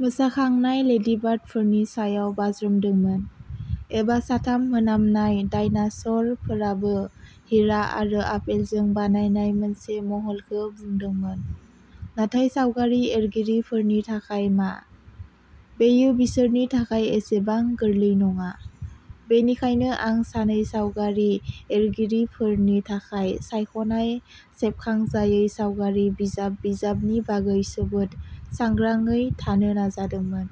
मोसाखांनाय लेडिबार्डफोरनि सायाव बाज्रुमदोंमोन। एबा साथाम मोनामनाय डायनासरफोराबो हिरा आरो आपेलजों बानायनाय मोनसे महलखौ बुंदोंमोन। नाथाय सावगारि एरगिरिफोरनि थाखाय मा? बेयो बिसोरनि थाखाय एसेबां गोरलै नङा! बेनिखायनो आं सानै सावगारि एरगिरिफोरनि थाखाय सायख'नाय सेबखांजायै सावगारि बिजाब बिजाबनि बागै जोबोद सांग्राङै थानो नाजादोंमोन,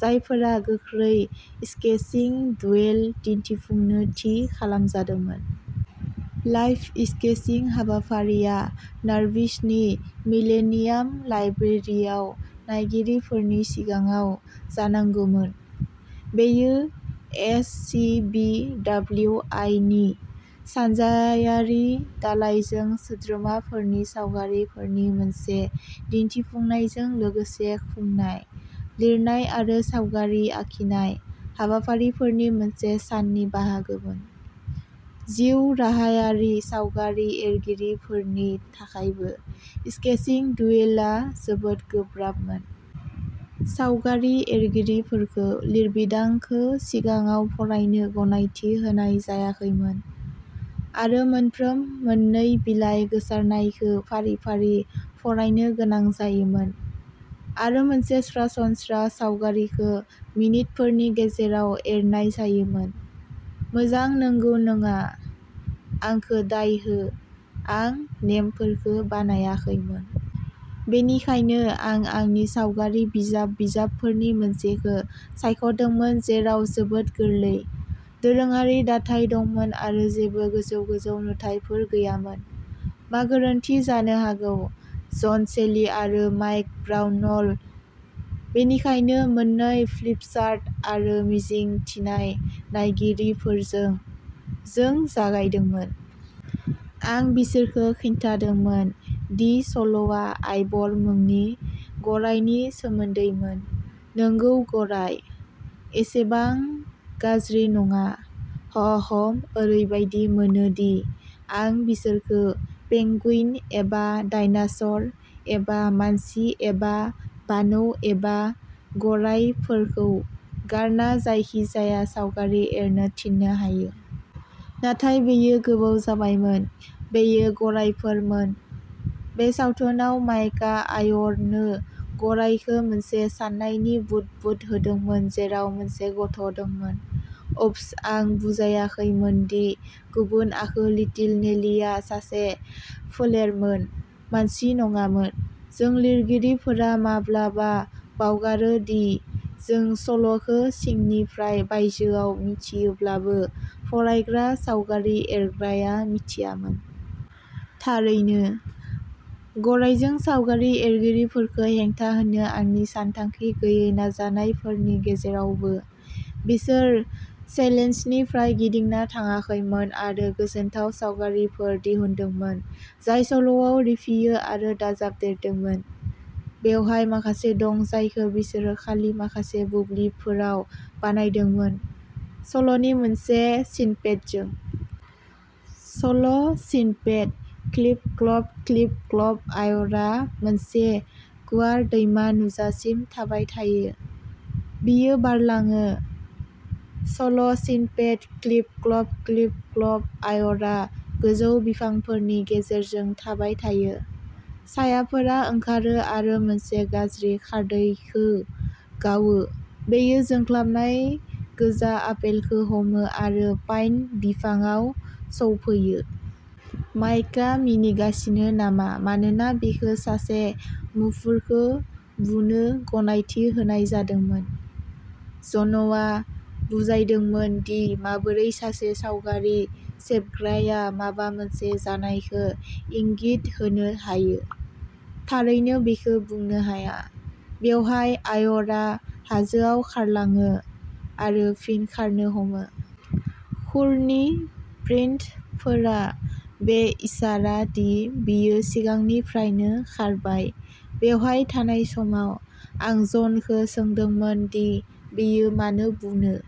जायफोरा गोख्रै' स्केचिं डुएल' दिन्थिफुंनो थि खालामजादोंमोन। लाइभ स्केचिं हाबाफारिया नर्विचनि मिलेनियाम लाइब्रेरियाव नायगिरिफोरनि सिगाङाव जानांगौमोन। बेयो एस. सि. बि. डब्लिउ. आइ. नि सानजायारि दालायजों सोद्रोमाफोरनि सावगारिफोरनि मोनसे दिन्थिफुंनायजों लोगोसे खुंनाय लिरनाय आरो सावगारि आखिनाय हाबाफारिफोरनि मोनसे साननि बाहागोमोन। जिउराहायारि सावगारि एरगिरिफोरनि थाखायबो,'स्केचिं डुएल'आ जोबोद गोब्राबमोन। सावगारि एरगिरिफोरखौ लिरबिदांखौ सिगाङाव फरायनो गनायथि होनाय जायाखैमोन, आरो मोनफ्रोम मोननै बिलाइ गोसारनायखौ फारि फारि फरायनो होनाय जायोमोन, आरो मोनसे सरासनस्रा सावगारिखौ मिनितफोरनि गेजेराव एरनाय जायोमोन। मोजां, नंगौ नङा। आंखौ दाय हो, आं नेमफोरखौ बानायाखैमोन! बेनिखायनो आं आंनि सावगारि बिजाब बिजाबफोरनि मोनसेखौ सायख'दोंमोन जेराव जोबोद गोरलै, दोरोङारि दाथाय दंमोन आरो जेबो गोजौ गोजौ नुथायफोर गैयामोन। मा गोरोन्थि जानो हागौ? जन शेली आरो माइक ब्राउनल'। बेनिखायनो मोननै फ्लिपचार्ट आरो मिजिं थिनाय नायगिरिफोरजों, जों जागायदोंमोन। आं बिसोरखौ खिन्थादोंमोन दि सल'आ आइवर मुंनि गरायनि सोमोन्दैमोन। नंगौ, गराय। एसेबां गाज्रि नङा? ह'हम, ओरैबायदि मोनो दि आं बिसोरखौ पेंगुइन एबा डायनासर एबा मानसि एबा बानौ एबा गरायफोरखौ गारना जायखिजाया सावगारि एरनो थिननो हायो! नाथाय बेयो गोबाव जाबायमोन। बेयो गरायफोरमोन। बे सावथुनाव माइकआ आइवरनो गरायखौ मोनसे साननायनि बुदबुद होदोंमोन जेराव मोनसे गथ' दंमोन। अफ्स, आं बुजायाखैमोन दि गुबुन आखु, लिटिल नेलीआ सासे फोलेरमोन, मानसि नङामोन। जों लिरगिरिफोरा माब्लाबा बावगारो दि जों सल'खौ सिंनिफ्राय बायजोआव मिथियोब्लाबो, फरायग्रा सावगारि एरग्राया मिथियामोन। थारैनो, गरायजों सावगारि एरगिरिफोरखौ हेंथा होनो आंनि सानथांखि गैयै नाजानायफोरनि गेजेरावबो, बिसोर चेलेन्जनिफ्राय गिदिंना थाङाखैमोन आरो गोजोनथाव सावगारिफोर दिहुनदोंमोन जाय सल'आव रिफियो आरो दाजाबदेरदोंमोन। बेवहाय माखासे दं जायखौ बिसोरो खालि माखासे बुब्लिफोराव बानायदोंमोन, सल'नि मोनसे स्निपेटजों। सल'स्निपेटः क्लिप क्लप, क्लिप क्लप, आइवरआ मोनसे गुवार दैमा नुजासिम थाबाय थायो। बियो बारलाङो। सल'स्निपेटः क्लिप क्लप, क्लिप क्लप, आइवरआ गोजौ बिफांफोरनि गेजेरजों थाबाय थायो। सायाफोरा ओंखारो आरो मोनसे गाज्रि खारदैखौ गावो। बेयो जोंख्लाबनाय गोजा आपेलखौ हमो आरो पाइन बिफांआव सौफैयो। माइकआ मिनिगासिनो नामा मानोना बिखौ मासे मुफुरखौ बुनो गनायथि होनाय जादोंमोन! जनआ बुजायदोंमोन दि माबोरै सासे सावगारि सेबग्राया माबा मोनसे जानायखौ इंगित होनो हायो, थारैनो बेखौ बुंनो हाया। बेवहाय, आइवरआ हाजोआव खारलाङो, आरो फिन खारनो हमो। खुरनि प्रिन्टफोरा बे इसारा दि बियो सिगांनिफ्रायनो खारबाय। बेवहाय थानाय समाव, आं जनखौ सोंदोंमोन दि बियो मानो बुनो।